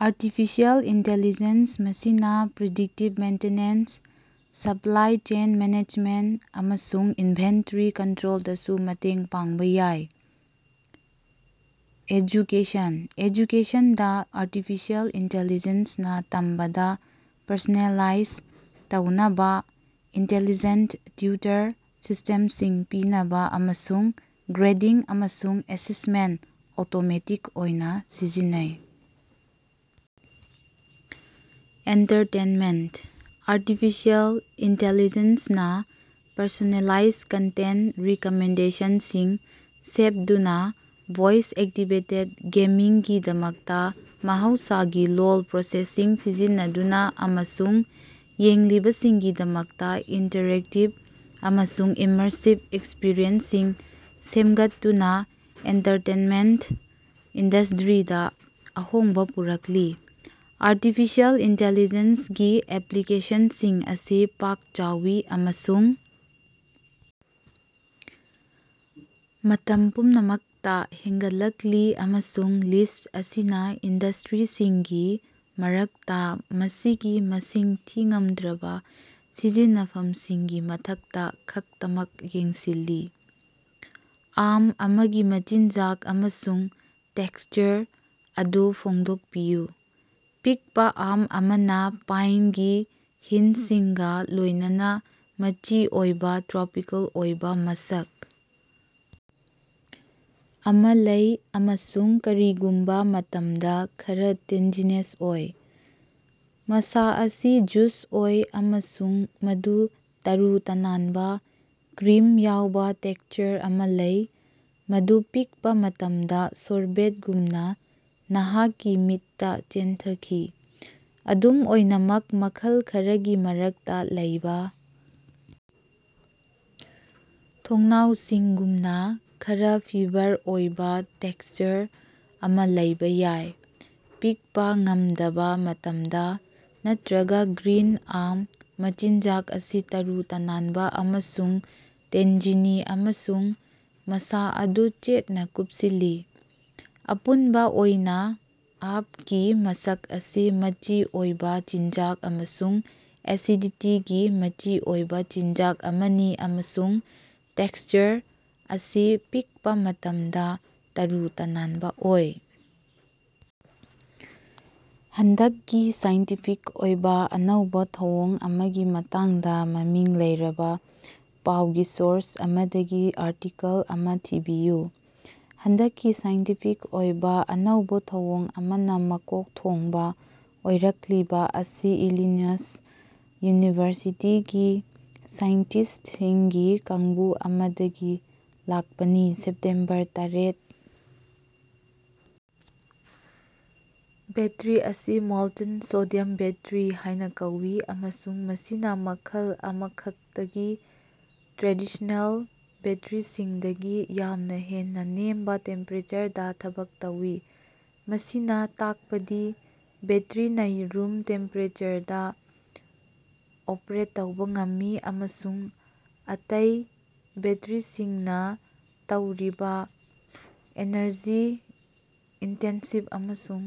Artificial intelligence ꯃꯁꯤꯅ predictive maintenance, supply chain management ꯑꯃꯁꯨꯡ inventory ꯀꯟꯇ꯭ꯔꯣꯜꯗꯁꯨ ꯃꯇꯦꯡ ꯄꯥꯡꯕ ꯌꯥꯏ꯫ ꯑꯦꯖꯨꯀꯦꯁꯟ: ꯑꯦꯖꯨꯀꯦꯁꯟꯗ ꯑꯥꯔꯇꯤꯐꯤꯁꯤꯑꯦꯜ ꯏꯟꯇꯦꯂꯤꯖꯦꯟꯁ ꯅ ꯇꯝꯕꯗ ꯄꯔꯁꯣꯅꯦꯂꯥꯏꯖ ꯇꯧꯅꯕ, ꯏꯟꯇꯦꯂꯤꯖꯦꯟꯇ ꯇꯤꯎꯇꯔ ꯁꯤꯁꯇꯦꯝꯁꯤꯡ ꯄꯤꯅꯕ ꯑꯃꯁꯨꯡ ꯒ꯭ꯔꯦꯗꯤꯡ ꯑꯃꯁꯨꯡ ꯑꯦꯁꯦꯁꯃꯦꯟꯇ ꯑꯣꯇꯣꯃꯦꯇꯤꯛ ꯑꯣꯏꯅ ꯁꯤꯖꯤꯟꯅꯩ꯫ ꯑꯦꯟꯇꯔꯇꯦꯟꯃꯦꯟꯇ: ꯑꯥꯔꯇꯤꯐꯤꯁꯤꯑꯦꯜ ꯏꯟꯇꯦꯂꯤꯖꯦꯟꯁ ꯅ ꯄꯔꯁꯣꯅꯦꯂꯥꯏꯖ ꯀꯟꯇꯦꯟꯇ ꯔꯤꯀꯃꯦꯟꯗꯦꯁꯟꯁꯤꯡ ꯁꯦꯞꯗꯨꯅ, ꯚꯣꯏꯁ-ꯑꯦꯛꯇꯤꯚꯦꯇꯦꯗ ꯒꯦꯃꯤꯡꯒꯤꯗꯃꯛꯇ ꯃꯍꯧꯁꯥꯒꯤ ꯂꯣꯜ ꯄ꯭ꯔꯣꯁꯦꯁꯤꯡ ꯁꯤꯖꯤꯟꯅꯗꯨꯅ ꯑꯃꯁꯨꯡ ꯌꯦꯡꯂꯤꯕꯁꯤꯡꯒꯤꯗꯃꯛꯇ ꯏꯟꯇꯔꯦꯛꯇꯤꯚ ꯑꯃꯁꯨꯡ ꯏꯃꯔꯁꯤꯚ ꯑꯦꯛꯁꯄꯔꯤꯌꯦꯟꯁꯁꯤꯡ ꯁꯦꯝꯒꯠꯇꯨꯅ ꯑꯦꯟꯇꯔꯇꯦꯟꯃꯦꯟꯇ ꯏꯟꯗꯁꯗ꯭ꯔꯤꯗ ꯑꯍꯣꯡꯕ ꯄꯨꯔꯛꯂꯤ꯫ ꯑꯥꯔꯇꯤꯐꯤꯁꯤꯑꯦꯜ ꯏꯟꯇꯦꯂꯤꯖꯦꯟꯁ ꯒꯤ ꯑꯦꯄ꯭ꯂꯤꯀꯦꯁꯟꯁꯤꯡ ꯑꯁꯤ ꯄꯥꯛ ꯆꯥꯎꯏ ꯑꯃꯁꯨꯡ ꯃꯇꯝ ꯄꯨꯝꯅꯃꯛꯇ ꯍꯦꯟꯒꯠꯂꯛꯂꯤ ꯑꯃꯁꯨꯡ ꯂꯤꯁ꯭ꯠ ꯑꯁꯤꯅ ꯏꯟꯗꯁꯇ꯭ꯔꯤꯁꯤꯡꯒꯤ ꯃꯔꯛꯇ ꯃꯁꯤꯒꯤ ꯃꯁꯤꯡ ꯊꯤꯉꯝꯗ꯭ꯔꯕ ꯁꯤꯖꯤꯟꯅꯐꯝꯁꯤꯡꯒꯤ ꯃꯊꯛꯇ ꯈꯛꯇꯃꯛ ꯌꯦꯡꯁꯤꯜꯂꯤ꯫ ꯑꯥꯝ ꯑꯃꯒꯤ ꯃꯆꯤꯟꯖꯥꯛ ꯑꯃꯁꯨꯡ ꯇꯦꯛꯁꯆꯔ ꯑꯗꯨ ꯐꯣꯡꯗꯣꯛꯄꯤꯌꯨ꯫ ꯄꯤꯛꯄ ꯑꯥꯝ ꯑꯃꯅ ꯄꯥꯏꯟꯒꯤ ꯍꯤꯟꯁꯁꯤꯡꯒ ꯂꯣꯏꯅꯅ ꯃꯆꯤ ꯑꯣꯏꯕ, ꯇ꯭ꯔꯣꯄꯤꯀꯦꯜ ꯑꯣꯏꯕ ꯃꯁꯛ ꯑꯃ ꯂꯩ ꯑꯃꯁꯨꯡ ꯀꯔꯤꯒꯨꯝꯕ ꯃꯇꯝꯗ ꯈꯔ ꯇꯦꯟꯖꯤꯅꯦꯁ ꯑꯣꯏ꯫ ꯃꯁꯥ ꯑꯁꯤ ꯖꯨꯁ ꯑꯣꯏ ꯑꯃꯁꯨꯡ ꯃꯗꯨ ꯇꯔꯨ-ꯇꯅꯥꯟꯕ, ꯀ꯭ꯔꯤꯝ ꯌꯥꯎꯕ ꯇꯦꯛꯁꯆꯔ ꯑꯃ ꯂꯩ, ꯃꯗꯨ ꯄꯤꯛꯄ ꯃꯇꯝꯗ ꯁꯣꯔꯕꯦꯇꯒꯨꯝꯅ ꯅꯍꯥꯛꯀꯤ ꯃꯤꯠꯇ ꯆꯦꯟꯊꯈꯤ꯫ ꯑꯗꯨꯝ ꯑꯣꯏꯅꯃꯛ ꯃꯈꯜ ꯈꯔꯒꯤ ꯃꯔꯛꯇ ꯂꯩꯕ ꯊꯣꯡꯅꯥꯎꯁꯤꯡꯒꯨꯝꯅ ꯈꯔ ꯐꯤꯕꯔ ꯑꯣꯏꯕ ꯇꯦꯛꯁꯆꯔ ꯑꯃ ꯂꯩꯕ ꯌꯥꯏ꯫ ꯄꯤꯛꯄ ꯉꯝꯗꯕ ꯃꯇꯝꯗ, ꯅꯠꯇ꯭ꯔꯒ ꯒ꯭ꯔꯤꯟ ꯑꯥꯝ ꯃꯆꯤꯟꯖꯥꯛ ꯑꯁꯤ ꯇꯔꯨ-ꯇꯅꯥꯟꯕ ꯑꯃꯁꯨꯡ ꯇꯦꯟꯖꯤꯅꯤ ꯑꯃꯁꯨꯡ ꯃꯁꯥ ꯑꯗꯨ ꯆꯦꯠꯅ ꯀꯨꯞꯁꯤꯜꯂꯤ꯫ ꯑꯄꯨꯟꯕ ꯑꯣꯏꯅ ꯑꯥꯞꯒꯤ ꯃꯁꯛ ꯑꯁꯤ ꯃꯆꯤ ꯑꯣꯏꯕ ꯆꯤꯟꯖꯥꯛ ꯑꯃꯁꯨꯡ ꯑꯦꯁꯤꯗꯤꯇꯤꯒꯤ ꯃꯆꯤ ꯑꯣꯏꯕ ꯆꯤꯟꯖꯥꯛ ꯑꯃꯅꯤ ꯑꯃꯁꯨꯡ ꯇꯦꯛꯁꯆꯔ ꯑꯁꯤ ꯄꯤꯛꯄ ꯃꯇꯝꯗ ꯇꯔꯨ ꯇꯅꯥꯟꯕ ꯑꯣꯏ꯫। ꯍꯟꯗꯛꯀꯤ ꯁꯥꯏꯟꯇꯤꯐꯤꯛ ꯑꯣꯏꯕ ꯑꯅꯧꯕ ꯊꯧꯑꯣꯡ ꯑꯃꯒꯤ ꯃꯇꯥꯡꯗ ꯃꯃꯤꯡ ꯂꯩꯔꯕ ꯄꯥꯎꯒꯤ ꯁꯣꯔꯁ ꯑꯃꯗꯒꯤ ꯑꯥꯔꯇꯤꯀꯜ ꯑꯃ ꯊꯤꯕꯤꯌꯨ꯫ ꯍꯟꯗꯛꯀꯤ ꯁꯥꯏꯟꯇꯤꯐꯤꯛ ꯑꯣꯏꯕ ꯑꯅꯧꯕ ꯊꯧꯑꯣꯡ ꯑꯃꯅ ꯃꯀꯣꯛ ꯊꯣꯡꯕ ꯑꯣꯏꯔꯛꯂꯤꯕ ꯑꯁꯤ ꯏꯂꯤꯅꯌꯁ ꯌꯨꯅꯤꯚꯔꯁꯤꯇꯤꯒꯤ ꯁꯥꯏꯟꯇꯤꯁꯠꯁꯤꯡꯒꯤ ꯀꯥꯡꯕꯨ ꯑꯃꯗꯒꯤ ꯂꯥꯛꯄꯅꯤ꯫ ꯁꯦꯞꯇꯦꯝꯕꯔ ꯇꯔꯦꯠ, ꯕꯦꯠꯇꯔꯤ ꯑꯁꯤ "ꯃꯣꯜꯇꯦꯟ ꯁꯣꯗꯤꯌꯝ ꯕꯦꯠꯇꯔꯤ" ꯍꯥꯏꯅ ꯀꯧꯏ, ꯑꯃꯁꯨꯡ ꯃꯁꯤꯅ ꯃꯈꯜ ꯑꯃꯈꯛꯇꯒꯤ ꯇ꯭ꯔꯦꯗꯤꯁ꯭ꯅꯦꯜ ꯕꯦꯠꯇꯔꯤꯁꯤꯡꯗꯒꯤ ꯌꯥꯝꯅ ꯍꯦꯟꯅ ꯅꯦꯝꯕ ꯇꯦꯝꯄꯦꯔꯦꯆꯔꯗ ꯊꯕꯛ ꯇꯧꯏ꯫ ꯃꯁꯤꯅ ꯇꯥꯛꯄꯗꯤ ꯕꯦꯠꯇꯔꯤꯅ ꯔꯨꯝ ꯇꯦꯝꯄꯦꯔꯦꯆꯔꯗ ꯑꯣꯄꯔꯦꯠ ꯇꯧꯕ ꯉꯝꯃꯤ ꯑꯃꯁꯨꯡ ꯑꯇꯩ ꯕꯦꯠꯇꯔꯤꯁꯤꯡꯅ ꯇꯧꯔꯤꯕ ꯑꯦꯅꯔꯖꯤ-ꯏꯟꯇꯦꯟꯁꯤꯚ ꯑꯃꯁꯨꯡ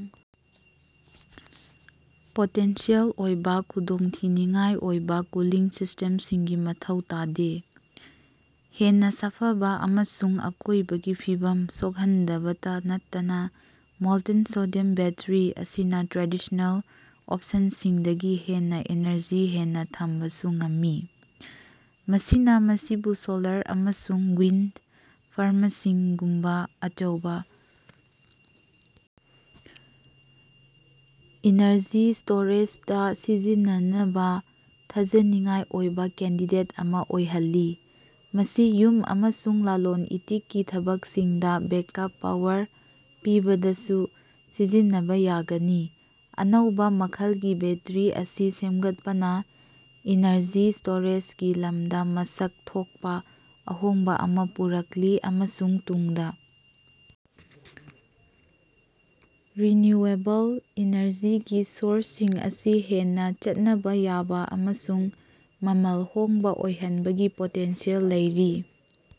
ꯄꯣꯇꯦꯟꯁꯤꯑꯦꯜ ꯑꯣꯏꯕ ꯈꯨꯗꯣꯡꯊꯤꯅꯤꯉꯥꯏ ꯑꯣꯏꯕ ꯀꯨꯂꯤꯡ ꯁꯤꯁꯇꯦꯝꯁꯤꯡꯒꯤ ꯃꯊꯧ ꯇꯥꯗꯦ꯫ ꯍꯦꯟꯅ ꯁꯥꯐꯕ ꯑꯃꯁꯨꯡ ꯑꯀꯣꯏꯕꯒꯤ ꯐꯤꯕꯝ ꯁꯣꯛꯍꯟꯗꯕꯇ ꯅꯠꯇꯅ ꯃꯣꯜꯇꯦꯟ ꯁꯣꯗꯤꯌꯝ ꯕꯦꯠꯇꯔꯤ ꯑꯁꯤꯅ ꯇ꯭ꯔꯦꯗꯤꯁ꯭ꯅꯦꯜ ꯑꯣꯞꯁꯟꯁꯤꯡꯗꯒꯤ ꯍꯦꯟꯅ ꯏꯅꯔꯖꯤ ꯍꯦꯟꯅ ꯊꯝꯕꯁꯨ ꯉꯝꯃꯤ꯫ ꯃꯁꯤꯅ ꯃꯁꯤꯕꯨ ꯁꯣꯂꯥꯔ ꯑꯃꯁꯨꯡ ꯋꯤꯟꯗ ꯐꯥꯔꯃꯁꯤꯡꯒꯨꯝꯕ ꯑꯆꯧꯕ ꯏꯅꯔꯖꯤ ꯁ꯭ꯇꯣꯔꯦꯖꯗ ꯁꯤꯖꯤꯟꯅꯅꯕ ꯊꯥꯖꯅꯤꯡꯉꯥꯏ ꯑꯣꯏꯕ ꯀꯦꯟꯗꯤꯗꯦꯠ ꯑꯃ ꯑꯣꯏꯍꯜꯂꯤ꯫ ꯃꯁꯤ ꯌꯨꯝ ꯑꯃꯁꯨꯡ ꯂꯂꯣꯟ-ꯏꯇꯤꯛꯀꯤ ꯊꯕꯛꯁꯤꯡꯗ ꯕꯦꯛꯑꯞ ꯄꯥꯋꯔ ꯄꯤꯕꯗꯁꯨ ꯁꯤꯖꯤꯟꯅꯕ ꯌꯥꯒꯅꯤ꯫ ꯑꯅꯧꯕ ꯃꯈꯜꯒꯤ ꯕꯦꯠꯇꯔꯤ ꯑꯁꯤ ꯁꯦꯝꯒꯠꯄꯅ ꯏꯅꯔꯖꯤ ꯁ꯭ꯇꯣꯔꯦꯖꯒꯤ ꯂꯝꯗ ꯃꯁꯛ ꯊꯣꯛꯄ ꯑꯍꯣꯡꯕ ꯑꯃ ꯄꯨꯔꯛꯂꯤ ꯑꯃꯁꯨꯡ ꯇꯨꯡꯗ ꯔꯤꯟꯌꯨꯑꯦꯕꯜ ꯏꯅꯔꯖꯤꯒꯤ ꯁꯣꯔꯁꯁꯤꯡ ꯑꯁꯤ ꯍꯦꯟꯅ ꯆꯠꯅꯕ ꯌꯥꯕ ꯑꯃꯁꯨꯡ ꯃꯃꯜ ꯍꯣꯡꯕ ꯑꯣꯏꯍꯟꯕꯒꯤ ꯄꯣꯇꯦꯟꯁꯤꯌꯦꯜ ꯂꯩꯔꯤ꯫